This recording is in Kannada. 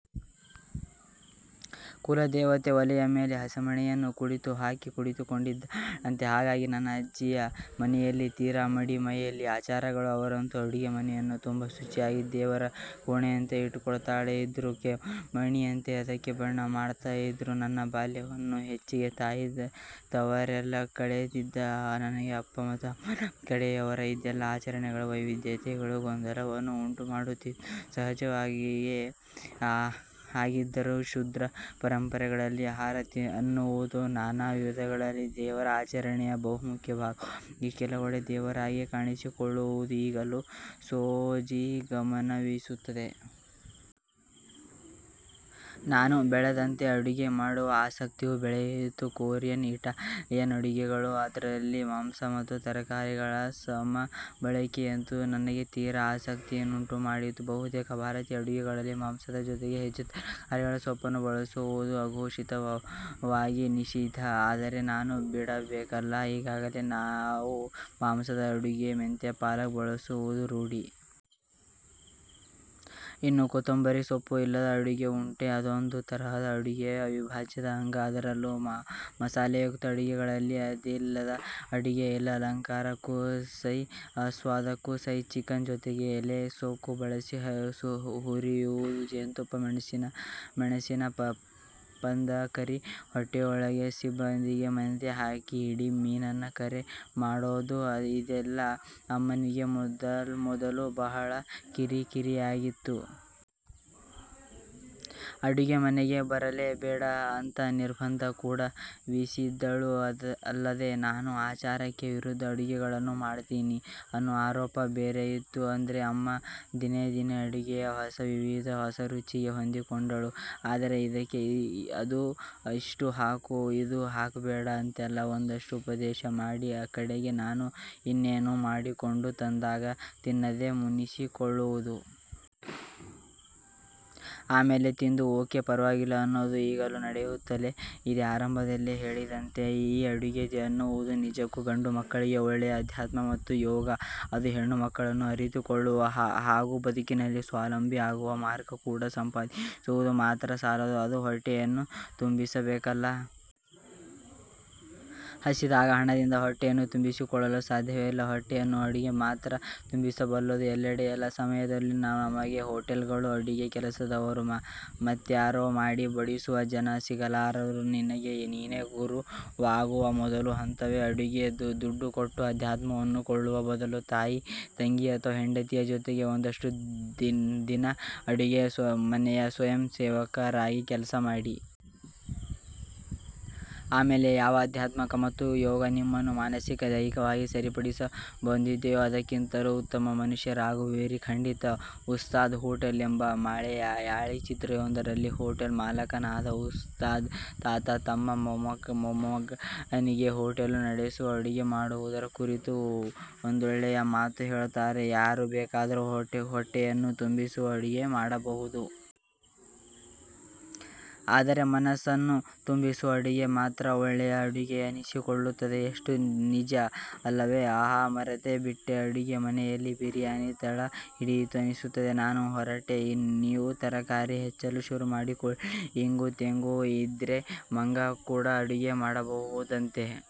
ಕುಲದೇವತೆ ಒಲೆಯ ಮೇಲೆ ಹಸೆಮಣೆಯನ್ನು ಕುಳಿತು ಹಾಕಿ ಕುಳಿತುಕೊಂಡಿದ್ದಾಳಂತೆ. ಹಾಗಾಗಿ ನನ್ನ ಅಜ್ಜಿಯ ಮನೆಯಲ್ಲಿ ತೀರಾ ಮಡಿ-ಮೈಲಿಗೆ ಆಚಾರಗಳು. ಅವರಂತೂ ಅಡುಗೆ ಮನೆಯನ್ನು ತುಂಬಾ ಶುಚಿಯಾಗಿ ದೇವರ ಕೋಣೆಯಂತೆ ಇಟ್ಟುಕೊಳ್ತಾ ಇದ್ರು. ಕೆಮ್ಮಣ್ಣಿನಿಂದ ಅದಕ್ಕೆ ಬಣ್ಣ ಮಾಡ್ತಾ ಇದ್ರು. ನನ್ನ ಬಾಲ್ಯವನ್ನು ಹೆಚ್ಚಿಗೆ ತಾಯಿ ತವರಲ್ಲೇ ಕಳೆದಿದ್ದ ನನಗೆ ಅಪ್ಪ -ಅಮ್ಮನ ಕಡೆಯವರ ಇದೆಲ್ಲ ಆಚರಣೆಗಳ ವೈವಿಧ್ಯತೆಗಳು ಗೊಂದಲವನ್ನು ಉಂಟು ಮಾಡುತ್ತಿದ್ದುದು ಸಹಜವಾಗೇ ಆಗಿದ್ದರೂ ಶೂದ್ರ ಪರಂಪರೆಗಳಲ್ಲಿ ಆಹಾರ ಅನ್ನುವುದು ನಾನಾ ವಿಧಗಳಲ್ಲಿ ದೇವರ ಆಚರಣೆಯ ಬಹುಮುಖ್ಯ ಭಾಗವಾಗಿ ಕೆಲವೆಡೆ ದೇವರಾಗಿಯೇ ಕಾಣಿಸಿಕೊಳ್ಳುವುದು ಈಗಲೂ ಸೋಜಿಗವೆನಿಸುತ್ತದೆ. ನಾನು ಬೆಳೆದಂತೆ ಅಡುಗೆ ಮಾಡುವ ಆಸಕ್ತಿಯೂ ಬೆಳೆಯಿತು. ಕೊರಿಯನ್ ಇಟಾಲಿಯನ್ ಅಡುಗೆಗಳು ಅದ್ರಲ್ಲಿ ಮಾಂಸ ಮತ್ತು ತರಕಾರಿಗಳ ಸಮಬಳಕೆಯಂತೂ ನನಗೆ ತೀರ ಆಸಕ್ತಿಯನ್ನುಂಟು ಮಾಡಿತು. ಬಹುತೇಕ ಭಾರತೀಯ ಅಡುಗೆಗಳಲ್ಲಿ ಮಾಂಸದ ಜೊತೆಗೆ ಹೆಚ್ಚು ತರಕಾರಿಗಳನ್ನು-ಸೊಪ್ಪನ್ನು ಬಳಸುವುದು ಆಘೋಷಿತವಾಗಿ ನಿಷಿದ್ಧ. ಆದರೆ ನಾನು ಬಿಡಬೇಕಲ್ಲ ಈಗಾಗಲೇ ನಾವು ಮಾಸದ ಅಡುಗೆಗೆ ಮೆಂತ್ಯೆ ಪಾಲಕ್ ಬಳಸುವುದು ರೂಢಿ. ಇನ್ನೂ ಕೊತ್ತಂಬರಿ ಸೊಪ್ಪು ಇಲ್ಲದ ಅಡುಗೆ ಉಂಟೆ? ಅದೊಂದು ತರಹದ ಅಡುಗೆಯ ಅವಿಭಾಜ್ಯದ ಅಂಗ. ಅದರಲ್ಲೂ ಮಸಾಲೆಯುಕ್ತ ಅಡುಗೆಗಳಲ್ಲಿ ಅದಿಲ್ಲದ ಅಡುಗೆಯಿಲ್ಲ. ಅಲಂಕಾರಕ್ಕೂ ಸೈ ಆಸ್ವಾದಕ್ಕೂ ಸೈ. ಚಿಕನ್ ಜೊತೆಗೆ ಎಲೆಕೋಸು ಬಳಸಿ ಹುರಿಯುವುದು, ಜೇನುತುಪ್ಪ ಮೆಣಸಿನ ಪಂದಿಕರಿ, ಹೊಟ್ಟೆಯೊಳಗೆ ಸಬ್ಬಸಿಗೆ ಮೆಂತ್ಯೆ ಹಾಕಿ ಇಡೀ ಮೀನನ್ನ ಕರೆ ಮಾಡೋದು ಇದೆಲ್ಲಾ ಅಮ್ಮನಿಗೆ ಮೊದಮೊದಲು ಬಹಳ ಕಿರಿಕಿರಿಯಾಗಿತ್ತು. ಅಡುಗೆ ಮನೆಗೆ ಬರಲೇ ಬೇಡ ಅಂತ ನಿರ್ಬಂಧ ಕೂಡ ವಿಸಿದ್ದಳು ಅಲ್ಲದೇ ನಾನು ಆಚಾರಕ್ಕೆ ವಿರುದ್ಧ ಅಡುಗೆಗಳನ್ನು ಮಾಡ್ತೀನಿ ಅನ್ನೋ ಆರೋಪ ಬೇರೆ ಇತ್ತು. ಆದ್ರೆ ಅಮ್ಮ ದಿನೇ ದಿನೇ ಅಡುಗೆಯ ಹೊಸ ವಿಧಕ್ಕೆ ಹೊಸರುಚಿಗೆ ಹೊಂದಿಕೊಂಡಳು. ಆದರೆ ಇದಕ್ಕೆ ಅದು ಇಷ್ಟು ಹಾಕು. ಇದು ಹಾಕಬೇಡ ಅಂತೆಲ್ಲಾ ಒಂದಷ್ಟು ಉಪದೇಶ ಮಾಡಿ ಕಡೆಗೆ ನಾನು ಇನ್ನೇನೋ ಮಾಡಿಕೊಂಡು ತಂದಾಗ ತಿನ್ನದೇ ಮುನಿಸಿಕೊಳ್ಳುವುದು. ಆಮೇಲೆ ತಿಂದು ಓಕೆ ಪರ್ವಾಗಿಲ್ಲ ಅನ್ನೋದು ಈಗಲೂ ನಡೆಯುತ್ತಲೇ ಇದೆ. ಆರಂಭದಲ್ಲೇ ಹೇಳಿದಂತೆ ಈ ಅಡುಗೆ ಅನ್ನುವುದು ನಿಜಕ್ಕೂ ಗಂಡು ಮಕ್ಕಳಿಗೆ ಒಳ್ಳೆಯ ಅಧ್ಯಾತ್ಮ ಮತ್ತು ಯೋಗ. ಅದು ಹೆಣ್ಣು ಮಕ್ಕಳನ್ನು ಅರಿತುಕೊಳ್ಳುವ ಹಾಗೂ ಬದುಕಿನಲ್ಲಿ ಸ್ವಾವಲಂಬಿ ಆಗುವ ಮಾರ್ಗ ಕೂಡ. ಸಂಪಾದಿಸುವುದು ಮಾತ್ರ ಸಾಲದು ಅದು ಹೊಟ್ಟೆಯನ್ನು ತುಂಬಿಸಬೇಕಲ್ಲ. ಹಸಿದಾಗ ಹಣದಿಂದ ಹೊಟ್ಟೆಯನ್ನು ತುಂಬಿಸಿಕೊಳ್ಳಲು ಸಾಧ್ಯವಿಲ್ಲ. ಹೊಟ್ಟೆಯನ್ನು ಅಡುಗೆ ಮಾತ್ರ ತುಂಬಿಸಬಲ್ಲುದು. ಎಲ್ಲೆಡೆ ಎಲ್ಲಾ ಸಮಯದಲ್ಲೂ ನಮಗೆ ಹೊಟೇಲ್ಗಳು, ಅಡುಗೆ ಕೆಲಸದವರು ಮತ್ಯಾರೋ ಮಾಡಿ ಬಡಿಸುವ ಜನ ಸಿಗಲಾರರು. ನಿನಗೆ ನೀನೆ ಗುರುವಾಗುವ ಮೊದಲ ಹಂತವೇ ಅಡುಗೆ. ದುಡ್ಡುಕೊಟ್ಟು ಅಧ್ಯಾತ್ಮವನ್ನು ಕೊಳ್ಳುವ ಬದಲು ತಾಯಿ, ತಂಗಿ ಅಥವಾ ಹೆಂಡತಿಯ ಜೊತೆಗೆ ಒಂದಷ್ಟು ದಿನ ಅಡುಗೆ ಮನೆಯ ಸ್ವಯಂ ಸೇವಕರಾಗಿ ಕೆಲ್ಸ ಮಾಡಿ. ಆಮೇಲೆ ಯಾವ ಅಧ್ಯಾತ್ಮ ಮತ್ತು ಯೋಗ ನಿಮ್ಮನ್ನು ಮಾನಸಿಕ-ದೈಹಿಕವಾಗಿ ಸರಿಪಡಿಸಬಹುದಿತ್ತೋ ಅದಕ್ಕಿಂತಲೂ ಉತ್ತಮ ಮನುಷ್ಯರಾಗುವಿರಿ.. ಖಂಡಿತ. 'ಉಸ್ತಾದ್ ಹೊಟೇಲ್' ಎಂಬ ಮಲೆಯಾಳಿ ಚಿತ್ರವೊಂದರಲ್ಲಿ ಹೊಟೇಲ್ ಮಾಲಕನಾದ ಉಸ್ತಾದ್ ತಾತ ತಮ್ಮ ಮೊಮ್ಮಗನಿಗೆ ಹೊಟೇಲು ನಡೆಸುವ ಅಡುಗೆ ಮಾಡುವುದರ ಕುರಿತು ಒಂದೊಳ್ಳೆಯ ಮಾತು ಹೇಳುತ್ತಾನೆ 'ಯಾರು ಬೇಕಾದರೂ ಹೊಟ್ಟೆಯನ್ನು ತುಂಬಿಸುವ ಅಡುಗೆ ಮಾಡಬಹುದು. ಆದರೆ ಮನಸ್ಸನ್ನೂ ತುಂಬಿಸುವ ಅಡುಗೆ ಮಾತ್ರ ಒಳ್ಳೆಯ ಅಡುಗೆ ಅನಿಸಿಕೊಳ್ಳುತ್ತದೆ'. ಎಷ್ಟು ನಿಜ ಅಲ್ಲವೇ. ಹಾ ಮರತೇ ಬಿಟ್ಟೆ ಅಡುಗೆ ಮನೆಯಲ್ಲಿ ಬಿರಿಯಾನಿ ತಳ ಹಿಡಿಯಿತು ಅನಿಸುತ್ತೆ. ನಾನು ಹೊರಟೆ. ನೀವು ತರಕಾರಿ ಹಚ್ಚಲು ಶುರುಮಾಡಿಕೊಳ್ಳಿ. ಇಂಗು-ತೆಂಗು ಇದ್ರೆ ಮಂಗ ಕೂಡ ಅಡುಗೆ ಮಾಡಬಹುದಂತೆ.